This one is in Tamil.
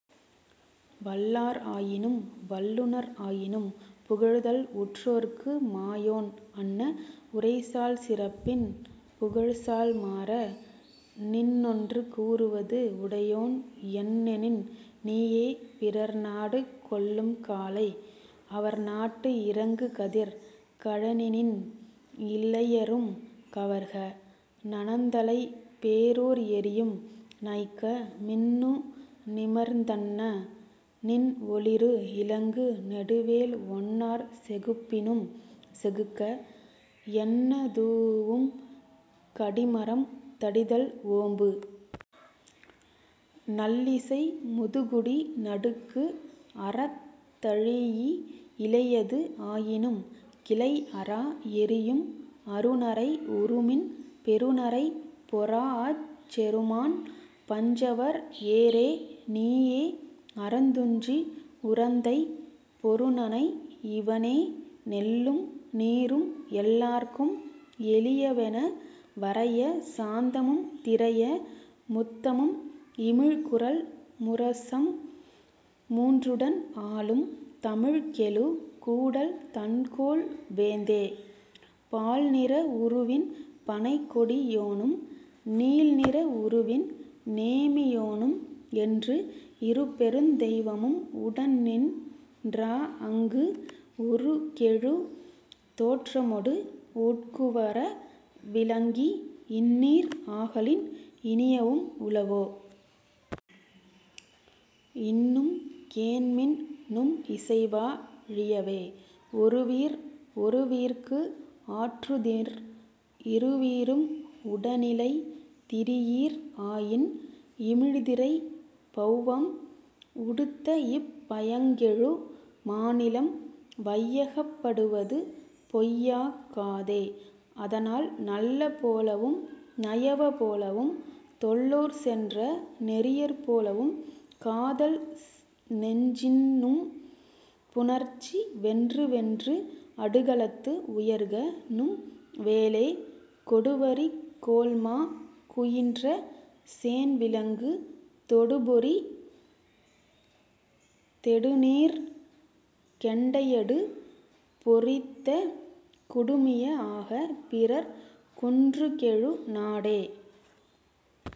வல்லார் ஆயினும், வல்லுநர் ஆயினும், புகழ்தல் உற்றோர்க்கு மாயோன் அன்ன, உரைசால் சிறப்பின் புகழ்சால் மாற! நின்னொன்று கூறுவது உடையோன்; என்னெனின், நீயே, பிறர்நாடு கொள்ளும்காலை, அவர் நாட்டு இறங்கு கதிர் கழனிநின் இளையரும் கவர்க: நனந்தலைப் பேரூர் எரியும் நைக்க; மின்னு நிமிர்ந் தன்ன நின்ஒளிறு இலங்கு நெடுவேல் ஒன்னார்ச் செகுப்பினும் செகுக்க; என்னதூஉம் கடிமரம் தடிதல் ஓம்பு! நல்லிசை முதுகுடி நடுக்குஅறத் தழீஇ, இளையது ஆயினும் கிளைஅரா எறியும், அருநரை உருமின், பெருநரைப் பொறாஅச் செருமாண் பஞ்சவர் ஏறே; நீயே, அறந்துஞ்சு உறந்தைப் பொருநனை; இவனே, நெல்லும் நீரும் எல்லார்க்கும் எளியவென, வரைய சாந்தமும், திரைய முத்தமும், இமிழ்குரல் முரசம் மூன்றுடன் ஆளும், தமிழ்கெழு கூடல் தண்கோல் வேந்தே; பால்நிற உருவின் பனைக்கொடி யோனும், நீல்நிற உருவின், நேமியோனும், என்று இருபெருந் தெய்வமும் உடன் நின் றாஅங்கு, உருகெழு தோற்றமொடு உட்குவர விளங்கி, இந்நீர் ஆகலின், இனியவும் உளவோ? இன்னும் கேண்மின் நும் இசைவா ழியவே; ஒருவீர் ஒருவீர்க்கு ஆற்றுதிர்; இருவீரும் உடனிலை திரியீர் ஆயின், இமிழ்திரைப் பெளவம் உடுத்தஇப் பயங்கெழு மாநிலம் கையகப் படுவது பொய்யா காதே; அதனால், நல்ல போலவும், நயவ போலவும், தொல்லோர் சென்ற நெறியர் போலவும், காதல் நெஞ்சின்நும் புணர்ச்சி; வென்று வென்று அடுகளத்து உயர்க நும் வேலே; கொடுவரிக் கோள்மாக் குயின்ற சேண்விளங்கு தொடுபொறி நெடுநீர்க் கெண்டையடு பொறித்த குடுமிய ஆக, பிறர் குன்றுகெழு நாடே..